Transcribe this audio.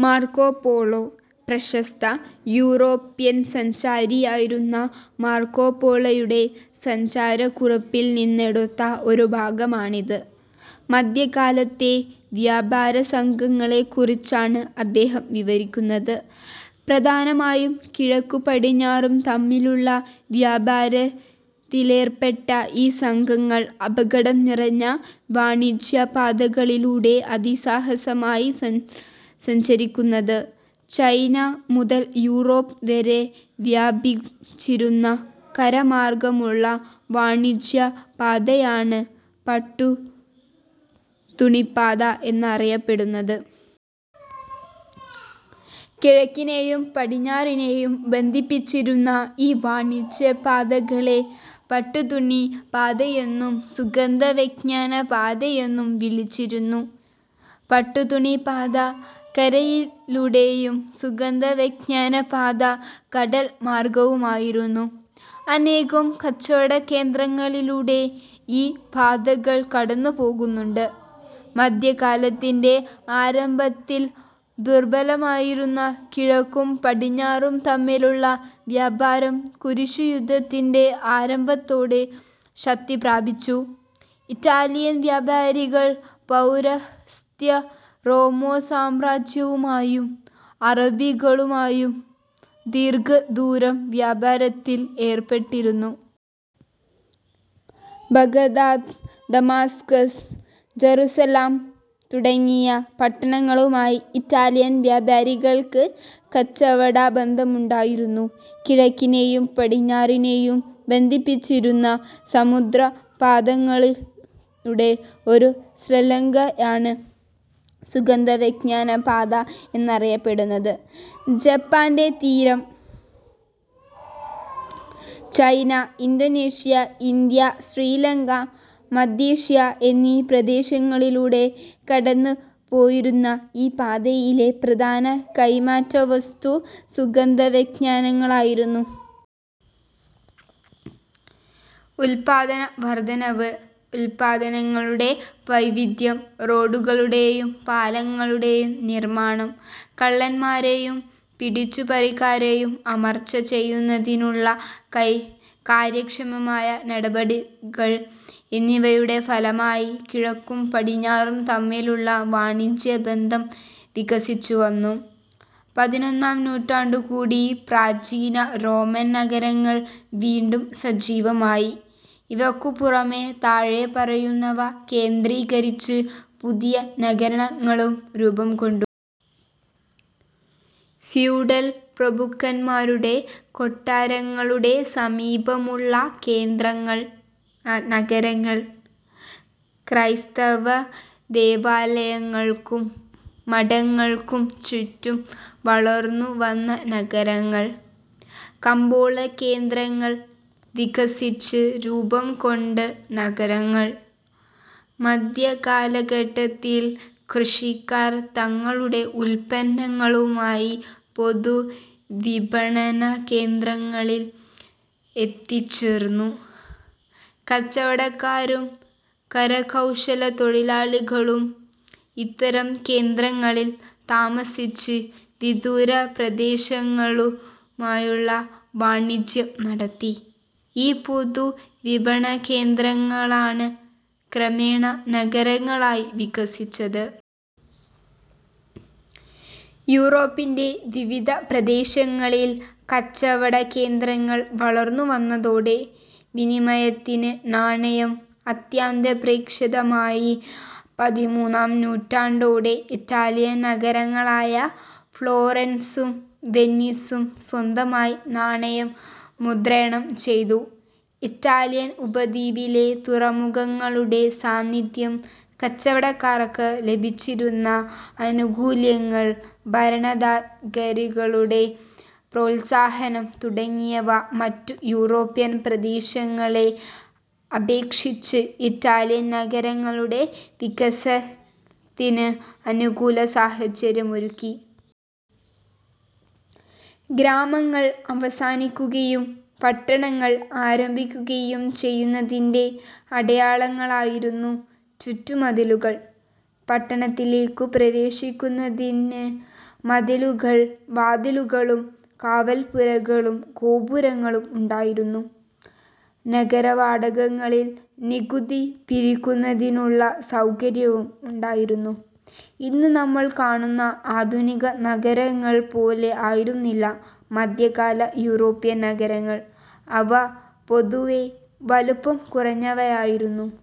-Marco Polo. പ്രശസ്ത European സഞ്ചാരിയായിരുന്ന മാർക്കോപോളോയുടെ സഞ്ചാരക്കുറിപ്പിൽ നിന്നെടുത്ത ഒരു ഭാഗമാണിത്. മധ്യകാലത്തെ വ്യാപാരസംഘങ്ങളെക്കുറിച്ചാണ് അദ്ദേഹം വിവരിക്കുന്നത്. പ്രധാനമായും കിഴക്കും പടിഞ്ഞാറും തമ്മിലുള്ള വ്യാപാരത്തിലേർപ്പെട്ട ഈ സംഘങ്ങൾ അപകടം നിറഞ്ഞ വാണിജ്യപാതകളിലൂടെ അതിസാഹസികമായാണ് സഞ്ചരിച്ചിരുന്നത്. ചൈന മുതൽ യൂറോപ്പ് വരെ വ്യാപിച്ചിരുന്ന കര മാർഗമുള്ള വാണിജ്യ പാതയാണ് പട്ടു തുണിപ്പാത എന്നറിയപ്പെട്ടിരുന്നത്. കിഴക്കിനെയും പടിഞ്ഞാറിനെയും ബന്ധിപ്പിച്ചിരുന്ന ഈ വാണിജ്യ പാതകളെ പട്ടുതുണി പാതയെന്നും, സുഗന്ധവ്യഞ്ജന പാതയെന്നും വിളിച്ചിരുന്നു. പട്ടുതുണിപ്പാത കരയിലൂടെയും സുഗന്ധവ്യഞ്ജനപാത കടൽ മാർഗ്ഗവുമായിരുന്നു. അനേകം കച്ചവടകേന്ദ്രങ്ങളിലൂടെ ഈ പാതകൾ കടന്നുപോകുന്നുണ്ട്. മധ്യകാലത്തിന്റെ ആരംഭത്തിൽ ദുർബലമായിരുന്ന കിഴക്കും പടിഞ്ഞാറും തമ്മിലുള്ള വ്യാപാരം കുരിശുയുദ്ധത്തിന്റെ ആരംഭത്തോടെ ശക്തി പ്രാപിച്ചു. ഇറ്റാലിയൻ വ്യാപാരികൾ പൗരസ്ത്യ റോമാ സാമ്രാജ്യവുമായും അറബികളുമായും ദീർഘദൂര വ്യാപാരത്തിൽ ഏർപ്പെട്ടിരുന്നു. ബാഗ്ദാദ്, ദമാസ്കസ്, ജറുസലേം തുടങ്ങിയ പട്ടണങ്ങളുമായി ഇറ്റാലിയൻ വ്യാപാരികൾക്ക് കച്ചവടബന്ധമുണ്ടായിരുന്നു. കിഴക്കിനെയും പടിഞ്ഞാറിനെയും ബന്ധിപ്പിച്ചിരുന്ന സമുദ്ര പാതകളുടെ ഒരു ശൃംഖലയാണ് സുഗന്ധവ്യഞ്ജനപാത എന്നറിയപ്പെട്ടിരുന്നത്. ജപ്പാന്റെ തീരം, ചൈന, ഇന്തോനേഷ്യ, ഇന്ത്യ, ശ്രീലങ്ക, മധ്യേഷ്യ എന്നീ പ്രദേശങ്ങളിലൂടെ കടന്നു പോയിരുന്ന ഈ പാതയിലെ പ്രധാന കൈമാറ്റവസ്തു സുഗന്ധവ്യഞ്ജനങ്ങളായിരുന്നു. ഉൽപാദന വർധനവ്, ഉൽപ്പന്നങ്ങളുടെ വൈവിധ്യം, റോഡുകളുടെയും പാലങ്ങളുടെയും നിർമാണം, കള്ളന്മാരെയും പിടിച്ചു പറിക്കാരെയും അമർച്ച ചെയ്യുന്നതിനുള്ള കാര്യക്ഷമമായ നടപടികൾ എന്നിവയുടെ ഫലമായി കിഴക്കും പടിഞ്ഞാറും തമ്മിലുള്ള വാണിജ്യബന്ധം വികസിച്ചുവന്നു. പതിനൊന്നാം നൂറ്റാണ്ടോടുകൂടി പ്രാചീന റോമൻനഗരങ്ങൾ വീണ്ടും സജീവമായി. ഇവക്കുപുറമെ താഴെ പറയുന്നവ കേന്ദ്രീകരിച്ച് പുതിയ നഗരങ്ങളും രൂപംകൊണ്ടു. ഫ്യൂഡൽ പ്രഭുക്കന്മാരുടെ കൊട്ടാരങ്ങളുടെ സമീപമുള്ള നഗരങ്ങൾ. ക്രൈസ്തവ ദേവാലയങ്ങൾക്കും മഠങ്ങൾക്കും ചുറ്റും വളർന്നുവന്നനഗരങ്ങൾ. കമ്പോളകേന്ദ്രങ്ങൾ വികസിച്ച് രൂപംകൊണ്ട് നഗരങ്ങൾ. മധ്യ കാലഘട്ടത്തിൽ കൃഷിക്കാർ തങ്ങളുടെ ഉൽപ്പന്നങ്ങളുമായി പൊതു വിപണന കേന്ദ്രങ്ങളിൽ എത്തിച്ചേർന്നു. കച്ചവടക്കാരും കരകൗശലത്തൊഴിലാളികളും ഇത്തരം കേന്ദ്രങ്ങളിൽ താമസിച്ച് വിദൂര പ്രദേശങ്ങളുമായുള്ള വാണിജ്യം നടത്തി. ഈ പൊതുവിപണനകേന്ദ്രങ്ങളാണ് ക്രമേണ നഗരങ്ങളായി വികസിച്ചത്. യൂറോപ്പിന്റെ വിവിധ പ്രദേശങ്ങളിൽ കച്ചവടകേന്ദ്രങ്ങൾ വളർന്നുവന്നതോടെ വിനിമയത്തിന് നാണയം അത്യന്താപേക്ഷിതമായി. പതിമൂന്നാം നൂറ്റാണ്ടോടെ ഇറ്റാലിയൻ നഗരങ്ങളായ ഫ്ളോറൻസും വെനീസും സ്വന്തമായി നാണയം മുദ്രണം ചെയ്തു. ഇറ്റാലിയൻ ഉപദ്വീപിലെ തുറമുഖങ്ങളുടെ സാന്നിധ്യം, കച്ചവടക്കാർക്ക് ലഭിച്ചിരുന്ന ആനുകൂല്യങ്ങൾ, ഭരണാധികാരികളുടെ പ്രോത്സാഹനം തുടങ്ങിയവ മറ്റു യൂറോപ്യൻ പ്രദേശങ്ങളെ അപേക്ഷിച്ച് ഇറ്റാലിയൻ നഗരങ്ങളുടെ വികാസത്തിന് അനുകൂല സാഹചര്യമൊരുക്കി. ഗ്രാമങ്ങൾ അവസാനിക്കുകയും പട്ടണങ്ങൾ ആരംഭിക്കുകയും ചെയ്യുന്നതിന്റെ അടയാളങ്ങളായിരുന്നു ചുറ്റുമതിലുകൾ. പട്ടണത്തിലേക്കു പ്രവേശിക്കുന്നതിന് മതിലുകളിൽ വാതിലുകളും കാവൽപ്പുരകളും ഗോപുരങ്ങളും ഉണ്ടായിരുന്നു. നഗരകവാടങ്ങളിൽ നികുതി പിരിക്കുന്നതിനുള്ള സൗകര്യവും ഉണ്ടായിരുന്നു. ഇന്നു നമ്മൾ കാണുന്ന ആധുനിക നഗരങ്ങൾ പോലെ ആയിരുന്നില്ല മധ്യകാല യൂറോപ്യൻ നഗരങ്ങൾ. അവ പൊതുവെ വലുപ്പം കുറഞ്ഞവയായിരുന്നു.